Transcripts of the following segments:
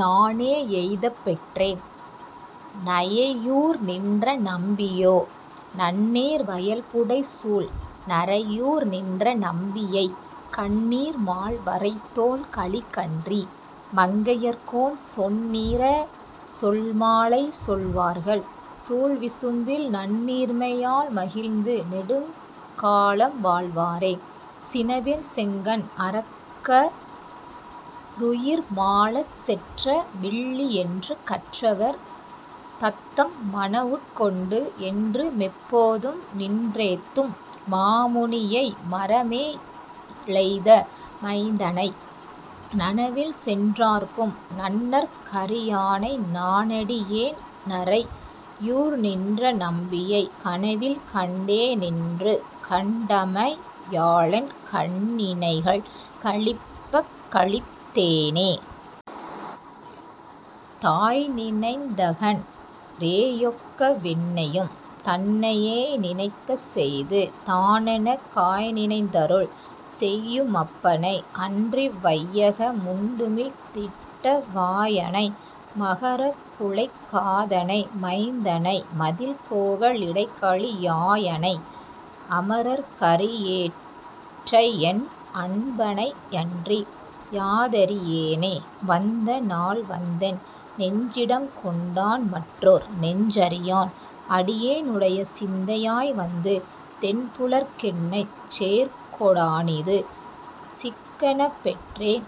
நானே யெய்தப்பெற்றேன் நறையூர்நின்ற நம்பீயோ. நன்னீர் வயல்புடைசூழ் நறையூர்நின்ற நம்பியை கன்னீர மால்வரைத்தோள் கலிகன்றி மங்கையர்கோன், சொன்னீர சொல்மாலை சொல்வார்கள், சூழ்விசும்பில் நன்னீர்மை யால்மகிழ்ந்து நெடுந்காலம் வாழ்வாரே சினவில் செங்கண் அரக்க ருயிர்மாளச் செற்ற வில்லியென்று கற்றவர் தந்தம் மனவுட் கொண்டு, என்று மெப்போதும் நின்றேத்தும் மாமுனி யைமர மேழெய்த மைந்தனை, நனவில் சென்றார்க்கும் நண்ணற் கரியானை நானடி யேன்நறை யூர்நின்ற நம்பியை, கனவில் கண்டே னின்றுகண் டமையாலென் கண்ணி ணைகள் களிப்பக் களித்தேனே.. தாய்நி னைந்தகன் றேயொக்க வென்னையும் தன்னை யேநினைக் கச்செய்து, தானெனக் காய்நி னைந்தருள் செய்யு மப்பனை அன்றிவ் வையக முண்டுமிழ்ந் திட்ட வாய னை, மக ரக்குழைக் காதனை மைந்த னைமதிள் கோவ லிடைகழி யாயனை, அம ரர்க்கரி யேற்றையென் அன்ப னையன்றி யாதரி யேனே. வந்த நாள்வந்தென் நெஞ்சிடங் கொண்டான் மற்றோர் நெஞ்சறி யான், அடி யேனுடைச் சிந்தை யாய்வந்து தென்புலர்க் கென்னைச் சேர்கொ டானிது சிக்கெனப் பெற்றேன்,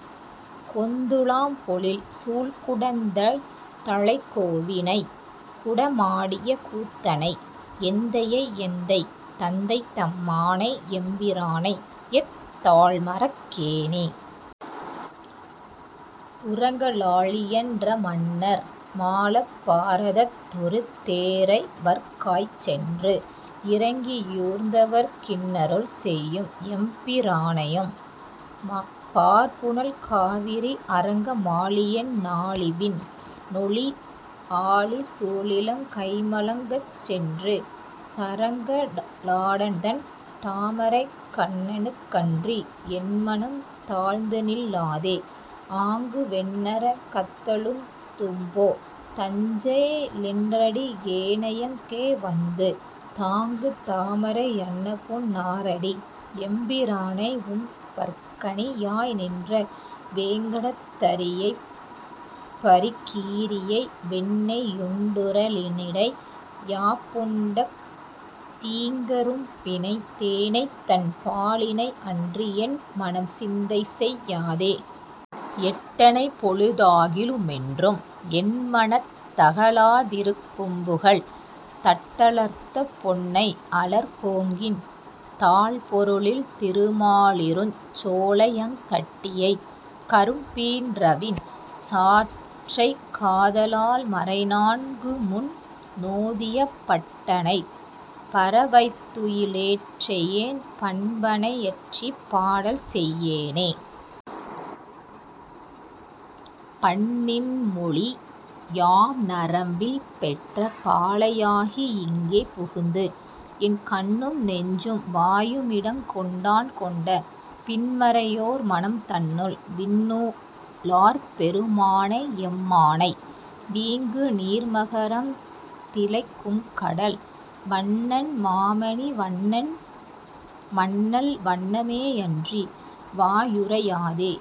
கொந்து லாம்பொழில் சூழ்குடந் தைத்தலைக் கோவி னைக்குட மாடிய கூத்தனை, எந்தை யையெந்தை தந்தைதம் மானை எம்பி ரானையெத் தால்மறக் கேனே?. உரங்க ளாலியன் றமன்னர் மாளப் பார தத்தொரு தேரைவர்க் காய்ச்சென்று, இரங்கி யூர்ந்தவர்க் கின்னருள் செய்யும் எம்பி ரானைவம் பார்புனல் காவிரி, அரங்க மாளியென் னாளிவிண் ணாளி ஆழி சூழிலங் கைமலங் கச்சென்று, சரங்க ளாண்டதண் டாமரைக் கண்ணனுக் கன்றி யென்மனம் தாழ்ந்துநில் லாதே. ஆங்கு வெந்நர கத்தழுந் தும்போ தஞ்சே லென்றடி யேனையங் கேவந்து தாங்கு, தாமரை யன்னபொன் னாரடி எம்பி ரானை உம் பர்க்கணி யாய்நின்ற, வேங்கடத்தரி யைப்பரி கீறியை வெண்ணெ யுண்டுர லினிடை யாப்புண்ட தீங்க ரும்பினை, தேனைநன் பாலினை அன்றி யென்மனம் சிந்தைசெய் யாதே. எட்ட னைப்பொழு தாகிலு மென்றும் என்ம னத்தக லாதிருக் கும்புகழ், தட்ட லர்த்தபொன் னை அலர் கோங்கின் தாழ்பொருழில்திரு மாலிருஞ் சோலையங் கட்டி யை, கரும் பீன்றவின் சாற்றைக் காத லால்மறை நான்குமுன் னோதிய பட்ட னை, பர வைத்துயி லேற்றையென் பண்ப னையன்றிப் பாடல்செய் யேனே. பண்ணி னின்மொழி யாம்நரம் பில்பெற்ற பாலை யாகி யிங்கே புகுந்து, என் கண்ணும் நெஞ்சும் வாயுமி டங்கொண்டான் கொண்ட பின்மறை யோர்மனம் தன்னுள், விண்ணு ளார்பெரு மானையெம் மானை வீங்கு நீர்மக ரம்திளைக் கும்கடல் வண்ணன் மாமணி வண்ணனெம் மண்ணல் வண்ண மேயன்றி வாயுரை யாதே.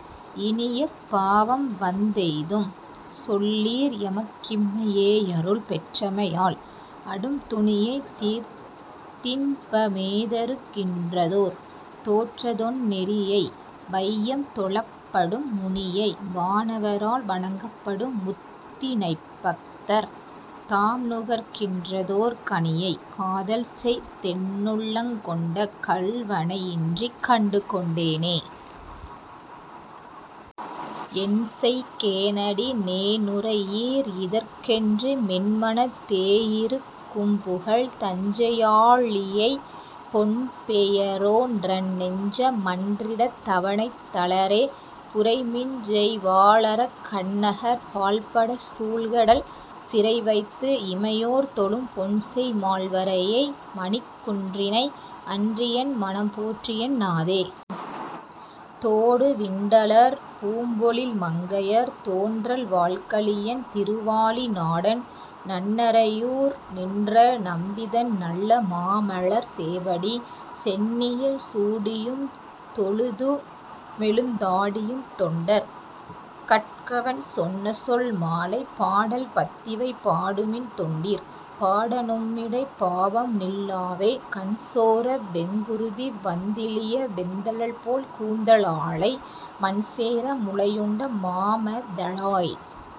இனியெப் பாவம்வந் தெய்தும்சொல் லீர் எமக் கிம்மை யேயருள் பெற்றமை யால், அடும் துனியைத் தீர்த்தின்ப மேதரு கின்றதோர் தோற்றத் தொன்னெறி யை, வையம் தொழப்படும் முனியை வானவ ரால்வணங் கப்படும் முத்தி னைப்பத்தர் தாம்நுகர் கின்றதோர் கனியை, காதல்செய் தென்னுள்ளங் கொண்ட கள்வ னையின்று கண்டுகொண் டேனே. என்செய் கேனடி னேனுரை யீர் இதற் கென்று மென்மனத் தேயிருக் கும்புகழ், தஞ்சை யாளியைப் பொன்பெய ரோன்றன் நெஞ்ச மன்றிடந் தவனைத்தழ லேபுரை மிஞ்செய் வாளரக் கன்நகர் பாழ்படச் சூழ்க டல்சிறை வைத்து இமை யோர்தொழும், பொன்செய் மால்வரை யைமணிக் குன்றினை அன்றி யென்மனம் போற்றியென் னாதே. தோடு விண்டலர் பூம்பொழில் மங்கையர் தோன்றல் வாள்கலி யன்திரு வாலி நாடன், நன்னறை யூர்நின்ற நம்பிதன் நல்ல மாமலர் சேவடி, சென்னியில் சூடி யும்தொழு துமெழுந் தாடியும் தொண்டர் கட்கவன் சொன்னசொல் மாலை, பாடல் பத்திவை பாடுமின் தொண்டீர். பாட நும்மிடைப் பாவம்நில் லாவே. கண்சோர வெங்குருதி வந்திழிய வெந்தழல்போல் கூந்த லாளை, மண்சேர முலையுண்ட மாமதலாய்.